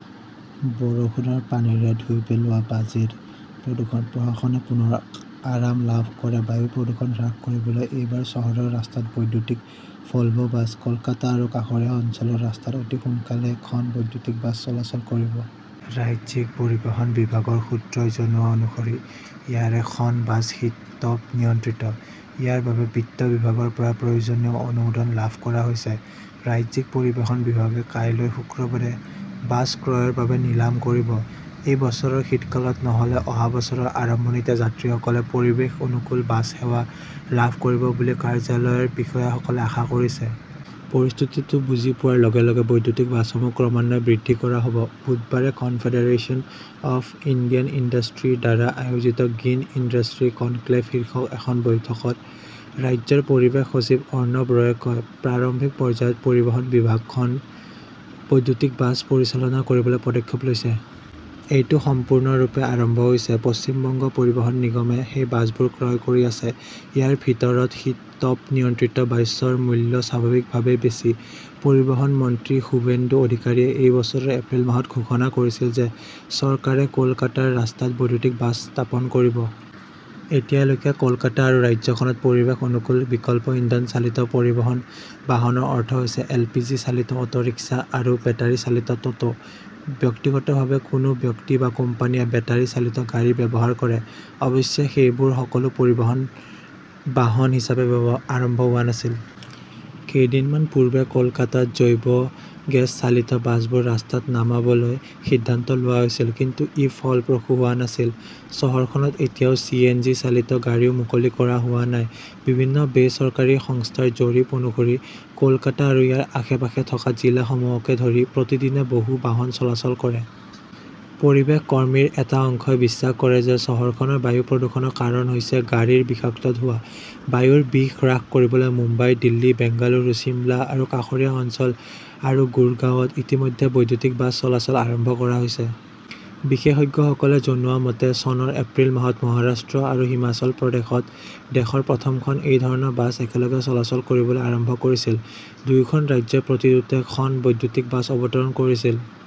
বৰষুণৰ পানীৰে ধুই পেলোৱা বাজিৰ প্ৰদূষণ, প্ৰশাসনে পুনৰ আৰাম লাভ কৰে বায়ু প্ৰদূষণ হ্ৰাস কৰিবলৈ এইবাৰ চহৰৰ ৰাস্তাত বৈদ্যুতিক ভলভো বাছ। কলকাতা আৰু কাষৰীয়া অঞ্চলৰ ৰাস্তাত অতি সোনকালেই খন বৈদ্যুতিক বাছ চলাচল কৰিব। ৰাজ্যিক পৰিবহণ বিভাগৰ সূত্ৰই জনোৱা অনুসৰি ইয়াৰে খন বাছ শীতাতপ নিয়ন্ত্ৰিত। ইয়াৰ বাবে বিত্ত বিভাগৰ পৰা প্ৰয়োজনীয় অনুমোদন লাভ কৰা হৈছে। ৰাজ্যিক পৰিবহণ বিভাগে কাইলৈ, শুক্ৰবাৰে বাছ ক্ৰয়ৰ বাবে নিলাম কৰিব। এই বছৰৰ শীতকালত, নহলে অহা বছৰৰ আৰম্ভণিতে যাত্ৰীসকলে পৰিৱেশ অনুকূল বাছ সেৱা লাভ কৰিব বুলি কাৰ্যালয়ৰ বিষয়াসকলে আশা কৰিছে। পৰিস্থিতিটো বুজি পোৱাৰ লগে-লগে বৈদ্যুতিক বাছসমূহ ক্ৰমান্বয়ে বৃদ্ধি কৰা হব। বুধবাৰে কনফেডাৰেচন অৱ ইণ্ডিয়ান ইণ্ডাষ্ট্ৰী ৰ দ্বাৰা আয়োজিত 'গ্ৰীণ ইণ্ডাষ্ট্ৰী কনক্লেভ শীৰ্ষক এখন বৈঠকত ৰাজ্যৰ পৰিৱেশ সচিব অৰ্ণব ৰয়ে কয়, প্ৰাৰম্ভিক পৰ্যায়ত পৰিবহণ বিভাগে খন বৈদ্যুতিক বাছ পৰিচালনা কৰিবলৈ পদক্ষেপ লৈছে। এইটো সম্পূৰ্ণৰূপে আৰম্ভ হৈছে। পশ্চিম বংগ পৰিবহণ নিগমে সেই বাছবোৰ ক্ৰয় কৰি আছে। ইয়াৰ ভিতৰত শীতাতপ নিয়ন্ত্ৰিত বাছৰ মূল্য স্বাভাৱিকভাৱেই বেছি। পৰিবহণ মন্ত্ৰী সুভেন্দু অধিকাৰীয়ে এই বছৰৰ এপ্ৰিল মাহত ঘোষণা কৰিছিল যে চৰকাৰে কলকাতাৰ ৰাস্তাত বৈদ্যুতিক বাছ স্থাপন কৰিব। এতিয়ালৈকে, কলকাতা আৰু ৰাজ্যখনত পৰিৱেশ-অনুকূল বিকল্প ইন্ধন-চালিত পৰিবহণ বাহনৰ অৰ্থ হৈছে এলপিজি-চালিত অটোৰিক্সা আৰু বেটাৰী-চালিত টোটো। ব্যক্তিগতভাৱে কোনো ব্যক্তি বা কোম্পানীয়ে বেটাৰী চালিত গাড়ী ব্যৱহাৰ কৰে। অৱশ্যে, সেইবোৰ সকলো পৰিবহণ বাহন হিচাপে আৰম্ভ হোৱা নাছিল। কেইদিনমান পূৰ্বে কলকাতাত জৈৱ গেছ চালিত বাছবোৰ ৰাস্তাত নামাবলৈ সিদ্ধান্ত লোৱা হৈছিল। কিন্তু ই ফলপ্ৰসূ হোৱা নাছিল। চহৰখনত এতিয়াও চি. এন. জি. -চালিত গাড়ীও মুকলি কৰা হোৱা নাই। বিভিন্ন বেচৰকাৰী সংস্থাৰ জৰীপ অনুসৰি, কলকাতা আৰু ইয়াৰ আশে-পাশে থকা জিলাসমূহকে ধৰি প্ৰতিদিনে বহু বাহন চলাচল কৰে। পৰিৱেশ কৰ্মীৰ এটা অংশই বিশ্বাস কৰে যে চহৰখনৰ বায়ু প্ৰদূষণৰ কাৰণ হৈছে গাড়ীৰ বিষাক্ত ধোঁৱা। বায়ুৰ বিষ হ্ৰাস কৰিবলৈ মুম্বাই, দিল্লী, বেংগালুৰু, চিমলা আৰু কাষৰীয়া অঞ্চল আৰু গুৰগাঁৱত ইতিমধ্যে বৈদ্যুতিক বাছ চলাচল আৰম্ভ কৰা হৈছে। বিশেষজ্ঞসকলে জনোৱা মতে, চনৰ এপ্ৰিল মাহত মহাৰাষ্ট্ৰ আৰু হিমাচল প্ৰদেশত দেশৰ প্ৰথমখন এই ধৰণৰ বাছ একেলগে চলাচল কৰিবলৈ আৰম্ভ কৰিছিল। দুয়োখন ৰাজ্যই প্ৰতিটোতে খন বৈদ্যুতিক বাছ অৱতৰণ কৰিছিল।